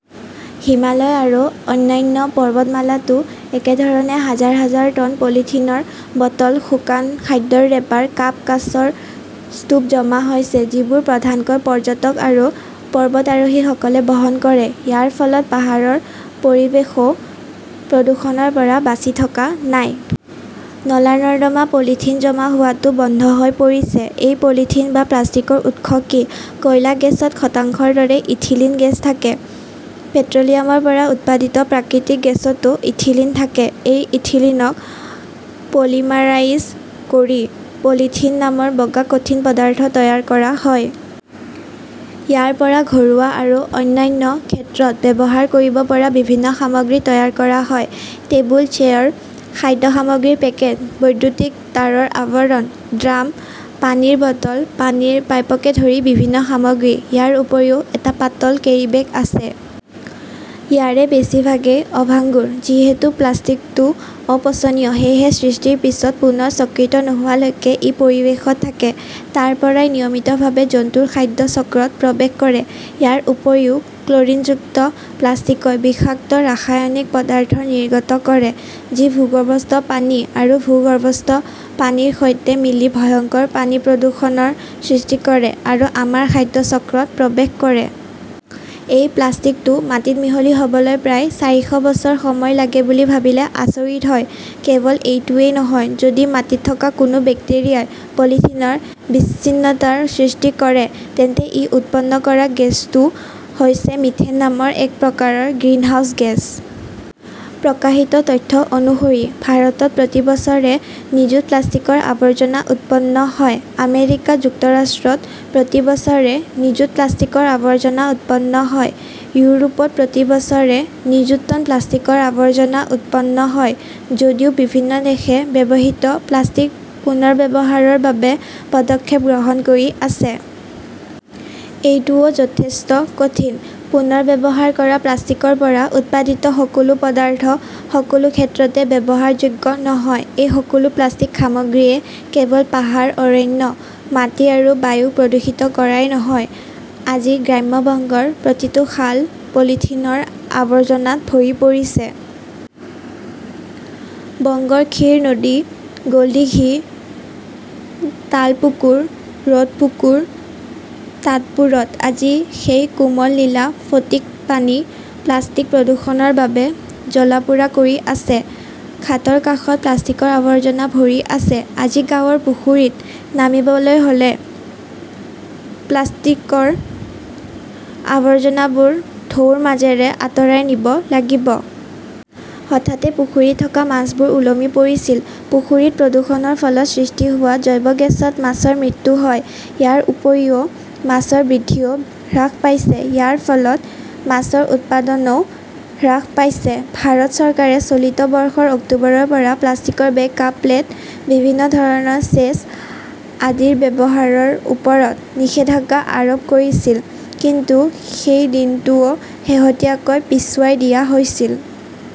হিমালয় আৰু অন্যান্য পৰ্বতমালাতো একেধৰণে হাজাৰ - হাজাৰ টন পলিথিনৰ বটল, শুকান খাদ্যৰ ৰেপাৰ, কাপ, কাঁচৰ স্তূপ জমা হৈছে, যিবোৰ প্ৰধানকৈ পৰ্যটক আৰু পৰ্বতাৰোহীসকলে বহন কৰে। ইয়াৰ ফলত পাহাৰৰ পৰিৱেশও প্ৰদূষণৰ পৰা বাচি থকা নাই। নলা-নৰ্দমা পলিথিন জমা হোৱাটো বন্ধ হৈ পৰিছে। এই পলিথিন বা প্লাষ্টিকৰ উৎস কি? কয়লা গেছত শতাংশৰ দৰে ইথিলিন গেছ থাকে। পেট্ৰ'লিয়ামৰ পৰা উৎপাদিত প্ৰাকৃতিক গেছতো ইথিলিন থাকে। এই ইথিলিনক পলিমাৰাইজ কৰি পলিথিন নামৰ বগা কঠিন পদাৰ্থ তৈয়াৰ কৰা হয়। ইয়াৰ পৰা ঘৰুৱা আৰু অন্যান্য ক্ষেত্ৰত ব্যৱহাৰ কৰিব পৰা বিভিন্ন সামগ্ৰী তৈয়াৰ কৰা হয়। টেবুল-চেয়াৰ, খাদ্য সামগ্ৰীৰ পেকেট, বৈদ্যুতিক তাঁৰৰ আৱৰণ, ড্ৰাম, পানীৰ বটল, পানীৰ পাইপকে ধৰি বিভিন্ন সামগ্ৰী। ইয়াৰ উপৰিও, এটা পাতল কেৰীবেগ আছে। ইয়াৰে বেছিভাগেই অভাংগুৰ। যিহেতু প্লাষ্টিকটো অপচনীয়, সেয়েহে সৃষ্টিৰ পিছত পুনৰ চক্ৰিত নোহোৱালৈকে ই পৰিৱেশত থাকে। তাৰ পৰাই নিয়মিতভাৱে জন্তুৰ খাদ্য চক্ৰত প্ৰৱেশ কৰে। ইয়াৰ উপৰিও ক্লৰিনযুক্ত প্লাষ্টিকই বিষাক্ত ৰাসায়নিক পদাৰ্থ নিৰ্গত কৰে। যি ভূগৰ্ভস্থ পানী আৰু ভূগৰ্ভস্থ পানীৰ সৈতে মিলি ভয়ংকৰ পানী প্ৰদূষণৰ সৃষ্টি কৰে আৰু আমাৰ খাদ্য চক্ৰত প্ৰৱেশ কৰে। এই প্লাষ্টিকটো মাটিত মিহলি হ'বলৈ প্ৰায় চাৰিশ বছৰ সময় লাগে বুলি ভাবিলে আচৰিত হয়। কেৱল এইটোৱেই নহয়, যদি মাটিত থকা কোনো বেক্টেৰিয়াই পলিথিনৰ বিচ্ছিন্নতাৰ সৃষ্টি কৰে, তেন্তে ই উৎপন্ন কৰা গেছটো হৈছে মিথেন নামৰ এক প্ৰকাৰৰ গ্ৰিনহাউজ গেছ। প্ৰকাশিত তথ্য অনুসৰি, ভাৰতত প্ৰতি বছৰে নিযুত প্লাষ্টিকৰ আৱৰ্জনা উৎপন্ন হয়। আমেৰিকা যুক্তৰাষ্ট্ৰত প্ৰতি বছৰে নিযুত প্লাষ্টিকৰ আৱৰ্জনা উৎপন্ন হয়। ইউৰোপত প্ৰতি বছৰে নিযুত টন প্লাষ্টিকৰ আৱৰ্জনা উৎপন্ন হয়। যদিও বিভিন্ন দেশে ব্যৱহৃত প্লাষ্টিক পুনৰ্ব্যৱহাৰৰ বাবে পদক্ষেপ গ্ৰহণ কৰি আছে। এইটোও যথেষ্ট কঠিন। পুনৰ্ব্যৱহাৰ কৰা প্লাষ্টিকৰ পৰা উৎপাদিত সকলো পদাৰ্থ সকলো ক্ষেত্ৰতে ব্যৱহাৰযোগ্য নহয়। এই সকলো প্লাষ্টিক সামগ্ৰীয়ে কেৱল পাহাৰ, অৰণ্য, মাটি আৰু বায়ুক প্ৰদূষিত কৰাই নহয়, আজি গ্ৰাম্য বংগৰ প্ৰতিটো খাল পলিথিনৰ আৱৰ্জনাত ভৰি পৰিছে। বংগৰ ক্ষীৰ নদী, গোল্ডিঘি, তালপুকুৰ, ৰডপুকুৰ, তাঁতপুৰত আজি সেই কোমল নীলা ফটিক পানী প্লাষ্টিক প্ৰদূষণৰ বাবে জ্বলা-পোৰা কৰি আছে। ঘাটৰ কাষত প্লাষ্টিকৰ আৱৰ্জনা ভৰি আছে। আজি গাঁৱৰ পুখুৰীত নামিবলৈ হ'লে প্লাস্তিকৰ আৱৰ্জনাবোৰ ঢৌৰ মাজেৰে আতৰাই নিব লাগিব। হঠাতে পুখুৰীত থকা মাছবোৰ ওলমি পৰিছিল। পুখুৰীত প্ৰদূষণৰ ফলত সৃষ্টি হোৱা জৈৱ গেছত মাছৰ মৃত্যু হয়। ইয়াৰ উপৰিও, মাছৰ বৃদ্ধিও হ্ৰাস পাইছে। ইয়াৰ ফলত মাছৰ উৎপাদনও হ্ৰাস পাইছে। ভাৰত চৰকাৰে চলিত বৰ্ষৰ অক্টোবৰৰ পৰা প্লাষ্টিকৰ বেগ, কাপ, প্লেট, বিভিন্ন ধৰণৰ চেচ আদিৰ ব্যৱহাৰৰ ওপৰত নিষেধাজ্ঞা আৰোপ কৰিছিল। কিন্তু সেই দিনটোও শেহতীয়াকৈ পিছুৱাই দিয়া হৈছিল।